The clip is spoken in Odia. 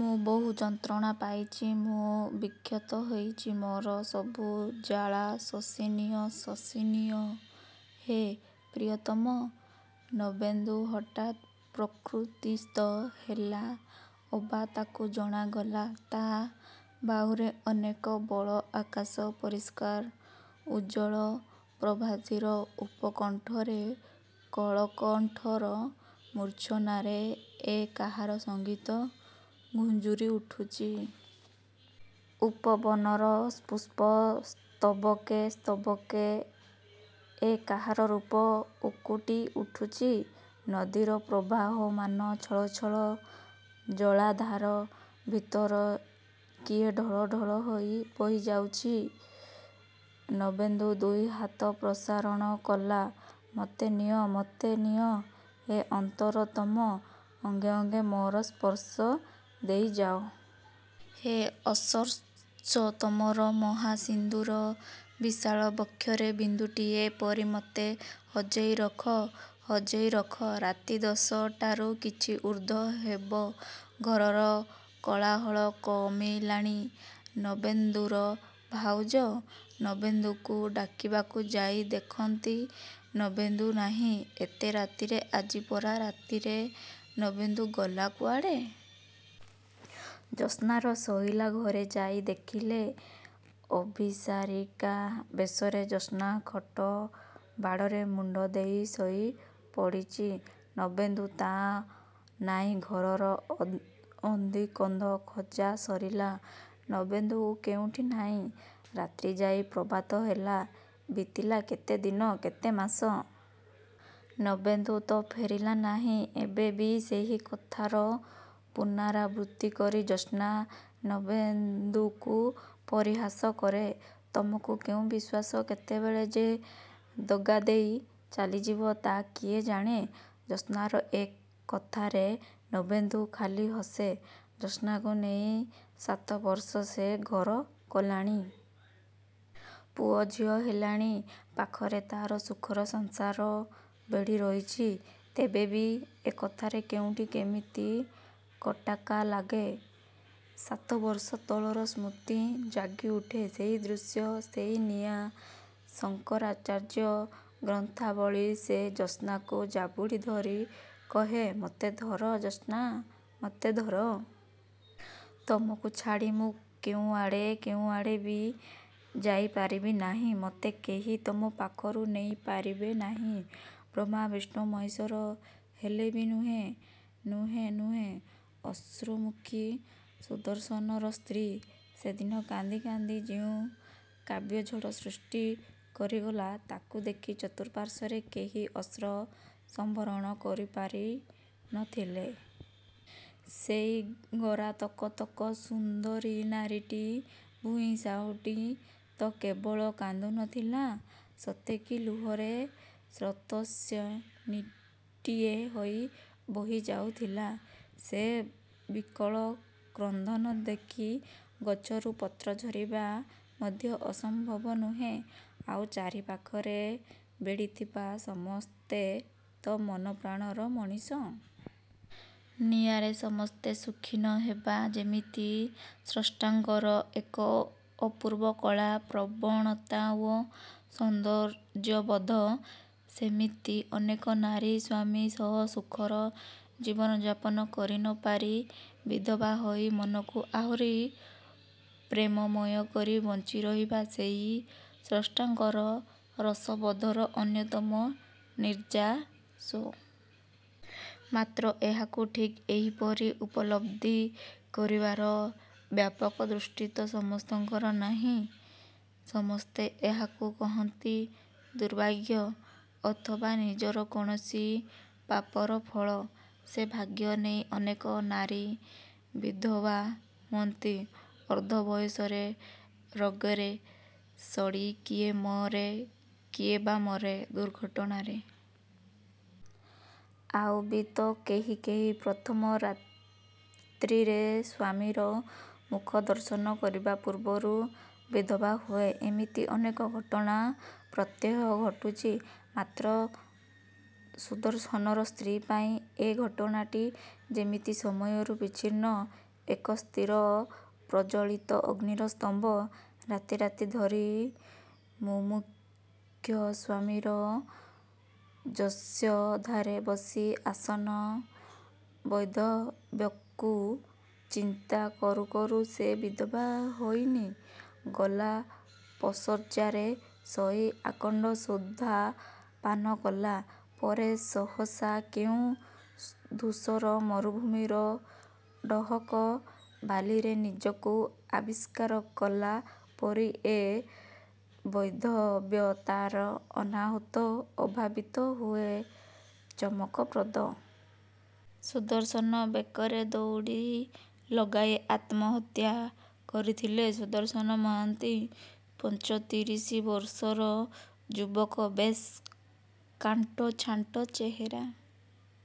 "ମୁଁ ବହୁ ଯନ୍ତ୍ରଣା ପାଇଚି, ମୁଁ ବିକ୍ଷତ ହୋଇଚି। ମୋର ସବୁ ଜ୍ଵାଳା ଶୋଷିନିଅ, ଶୋଷିନିଅ, ହେ ପ୍ରିୟତମ।"ନବେନ୍ଦୁ ହଠାତ୍ ପ୍ରକୃତିସ୍ଥ ହେଲା ଅବା, ତାକୁ ଜଣାଗଲା ତା' ବାହୁରେ ଅନେକ ବଳ! ଆକାଶ ପରିଷ୍କାର, ଉଜ୍ଜ୍ୱଳ। ପ୍ରଭାତୀର ଉପକଣ୍ଠରେ କଳକଣ୍ଠର ମୂର୍ଚ୍ଛନାରେ ଏ କାହାର ସଂଗୀତ ଗୁଞ୍ଜରି ଉଠୁଚି? ଉପବନର ପୁଷ୍ପ ସ୍ତବକେ ସ୍ତବକେ ଏ କାହାର ରୂପ ଉକୁଟି ଉଠୁଚି? ନଦୀର ପ୍ରବାହମାନ ଛଳ ଛଳ ଜଳାଧାର ଭିତରେ କିଏ ଢଳ ଢଳ ହୋଇ ବହିଯାଉଚି? ନବେନ୍ଦୁ ଦୁଇହାତ ପ୍ରସାରଣ କଲା, "ମତେ ନିଅ, ମତେ ନିଅ ହେ ଅନ୍ତରତମ। ଅଙ୍ଗେ ଅଙ୍ଗେ ମୋର ସ୍ପର୍ଶ ଦେଇଯାଅ। ହେ ଅସ୍ପର୍ଶ! ତମର ମହାସିନ୍ଧୁର ବିଶାଳ ବକ୍ଷରେ ବିନ୍ଦୁଟିଏ ପରି ମତେ ହଜେଇ ରଖ, ହଜେଇ ରଖ!"ରାତି ଦଶଟାରୁ କିଛି ଊର୍ଦ୍ଧ୍ଵ ହେବ! ଘରର କୋଳାହଳ କମିଲାଣି। ନବେନ୍ଦୁର ଭାଉଜ, ନବେନ୍ଦୁକୁ ଡାକିବାକୁ ଯାଇ ଦେଖନ୍ତି, ନବେନ୍ଦୁ ନାହିଁ। ଏତେ ରାତିରେ, ଆଜି ପରା ରାତିରେ ନବେନ୍ଦୁ ଗଲା କୁଆଡ଼େ? ଜ୍ୟୋତ୍ସ୍ନାର ଶୋଇଲା ଘରେ ଯାଇ ଦେଖିଲେ, ଅଭିସାରିକା ବେଶରେ ଜ୍ୟୋତ୍ସ୍ନା ଖଟ ବାଡ଼ରେ ମୁଣ୍ଡ ଦେଇ ଶୋଇ ପଡ଼ିଚି। ନବେନ୍ଦୁ ତ ନାହିଁ। ଘରର ଅ ଅନ୍ଦିକନ୍ଦ ଖୋଜା ସରିଲା। ନବେନ୍ଦୁ କେଉଁଠି ନାହିଁ। ରାତ୍ରି ଯାଇ ପ୍ରଭାତ ହେଲା। ବିତିଲା କେତେ ଦିନ, କେତେ ମାସ! ନବେନ୍ଦୁ ତ ଫେରିଲା ନାହିଁ? ଏବେ ବି ସେହି କଥାର ପୁନରାବୃତ୍ତି କରି ଜ୍ୟୋତ୍ସ୍ନା ନବେନ୍ଦୁକୁ ପରିହାସ କରେ, "ତମକୁ କେଉଁ ବିଶ୍ୱାସ? କେତେବେଳେ ଯେ ଦଗାଦେଇ ଚାଲିଯିବ, ତା' କିଏ ଜାଣେ?"ଜ୍ୟୋତ୍ସ୍ନାର ଏ କଥାରେ ନବେନ୍ଦୁ ଖାଲି ହସେ। ଜ୍ୟୋତ୍ସ୍ନାକୁ ନେଇ ସାତ ବର୍ଷ ସେ ଘର କଲାଣି! ପୁଅ ଝିଅ ହେଲେଣି। ପାଖରେ ତାର ସୁଖର ସଂସାର ବେଢ଼ି ରହିଛି। ତେବେ ବି ଏ କଥାରେ କେଉଁଠି କେମିତି ଖଟ୍‌କା ଲାଗେ। ସାତବର୍ଷ ତଳର ସ୍ମୃତି ଜାଗିଉଠେ। ସେଇ ଦୃଶ୍ୟ, ସେଇ ନିଆଁ, ଶଙ୍କରାଚାର୍ଯ୍ୟ ଗ୍ରନ୍ଥାବଳୀ। ସେ ଜ୍ୟୋତ୍ସ୍ନାକୁ ଜାବୁଡ଼ିଧରି କହେ, "ମତେ ଧର ଜ୍ୟୋତ୍ସ୍ନା, ମତେ ଧର! ତମକୁ ଛାଡ଼ି ମୁଁ କେଉଁଆଡ଼େ, କେଉଁଆଡ଼େ ବି ଯାଇପାରିବି ନାହିଁ। ମତେ କେହି ତମ ପାଖରୁ ନେଇ ପାରିବେ ନାହିଁ। ବ୍ରହ୍ମା, ବିଷ୍ଣୁ, ମହେଶ୍ୱର ହେଲେ ବି ନୁହେଁ, ନୁହେଁ, ନୁହେଁ!" ଅଶ୍ରୁମୁଖୀ ସୁଦର୍ଶନର ସ୍ତ୍ରୀ ସେଦିନ କାନ୍ଦି କାନ୍ଦି ଯେଉଁ କାବ୍ୟଝଡ଼ ସୃଷ୍ଟି କରିଗଲା, ତାକୁ ଦେଖି ଚତୁଃପାର୍ଶ୍ୱରେ କେହି ଅଶ୍ରୁ ସମ୍ଭରଣ କରିପାରି ନ ଥିଲେ। ସେଇ ଗୋରା ତକ ତକ ସୁନ୍ଦରୀ ନାରୀଟି ଭୂଇଁ ସାଉଁଟି ତ କେବଳ କାନ୍ଦୁ ନଥିଲା, ସତେ କି ଲୁହର ସ୍ରୋତସ୍ୱିନୀଟିଏ ହୋଇ ବହିଯାଉଥିଲା। ସେ ବିକଳ କ୍ରନ୍ଦନ ଦେଖି ଗଛରୁ ପତ୍ର ଝରିବା ମଧ୍ୟ ଅସମ୍ଭବ ନୁହେଁ, ଆଉ ଚାରି ପାଖରେ ବେଢ଼ିଥିବା ସମସ୍ତେ ତ ମନପ୍ରାଣର ମଣିଷ। ନିଆରେ ସମସ୍ତେ ସୁଖୀ ନ ହେବା ଯେମିତି ସ୍ରଷ୍ଟାଙ୍କର ଏକ ଅପୂର୍ବ କଳା ପ୍ରବଣତା ଓ ସୌନ୍ଦର୍ଯ୍ୟବୋଧ, ସେମିତି ଅନେକ ନାରୀ ସ୍ଵାମୀ ସହ ସୁଖର ଜୀବନଯାପନ କରି ନ ପାରି, ବିଧବା ହୋଇ, ମନକୁ ଆହୁରି ପ୍ରେମମୟ କରି ବଞ୍ଚିରହିବା ସେଇ ସ୍ରଷ୍ଟାଙ୍କର ରସବୋଧର ଅନ୍ୟତମ ନିର୍ଯ୍ୟାସ। ମାତ୍ର ଏହାକୁ ଠିକ୍ ଏହିପରି ଉପଲବ୍ଧି କରିବାର ବ୍ୟାପକ ଦୃଷ୍ଟି ତ ସମସ୍ତଙ୍କର ନାହିଁ! ସମସ୍ତେ ଏହାକୁ କହନ୍ତି ଦୁର୍ଭାଗ୍ୟ। ଅଥବା ନିଜର କୌଣସି ପାପର ଫଳ ସେ ଭାଗ୍ୟ ନେଇ ଅନେକ ନାରୀ ବିଧବା ହୁଅନ୍ତି। ଅର୍ଦ୍ଧ ବୟସରେ, ରୋଗରେ ସଢ଼ି କିଏ ମରେ, କିଏ ବା ମରେ ଦୁର୍ଘଟଣାରେ। ଆଉ ବି ତ କେହି କେହି ପ୍ରଥମ ରାତ୍ରିରେ, ସ୍ୱାମୀର ମୁଖଦର୍ଶନ କରିବା ପୂର୍ବରୁ ବିଧବା ହୁଏ। ଏମିତି ଅନେକ ଘଟଣା ପ୍ରତ୍ୟହ ଘଟୁଛି। ମାତ୍ର ସୁଦର୍ଶନର ସ୍ତ୍ରୀ ପାଇଁ ଏ ଘଟଣାଟା ଯେମିତି ସମୟରୁ ବିଚ୍ଛିନ୍ନ। ଏକ ସ୍ଥିର, ପ୍ରଜ୍ଜ୍ୱଳିତ ଅଗ୍ନିର ସ୍ତମ୍ଭ। ରାତି ରାତି ଧରି ମୁମୂକ୍ଷୁ ସ୍ୱାମୀର ଶଯ୍ୟାଧାରେ ବସି, ଆସନ୍ନ ବୈଧବ୍ୟକୁ ଚିନ୍ତା କରୁ କରୁ ସେ ବିଧବା ହୋଇନି, ଗୋଲାପଶଯ୍ୟାରେ ଶୋଇ, ଆକଣ୍ଠ ସୁଧା ପାନ କଲା ପରେ, ସହସା, କେଉଁ ଧୂସର ମରୁଭୂମିର ଡହକ ବାଲିରେ ନିଜକୁ ଆବିଷ୍କାର କଲା ପରି ଏ ବୈଧବ୍ୟ ତାର ଅନାହୂତ, ଅଭାବିତ ଓ ଚମକପ୍ରଦ। ସୁଦର୍ଶନ ବେକରେ ଦଉଡ଼ି ଲଗାଇ ଆତ୍ମହତ୍ୟା କରିଥିଲେ। ସୁଦର୍ଶନ ମହାନ୍ତି, ପଞ୍ଚତିରିଶି ବର୍ଷର ଯୁବକ। ବେଶ୍ କାଣ୍ଟ ଛାଣ୍ଟ ଚେହେରା।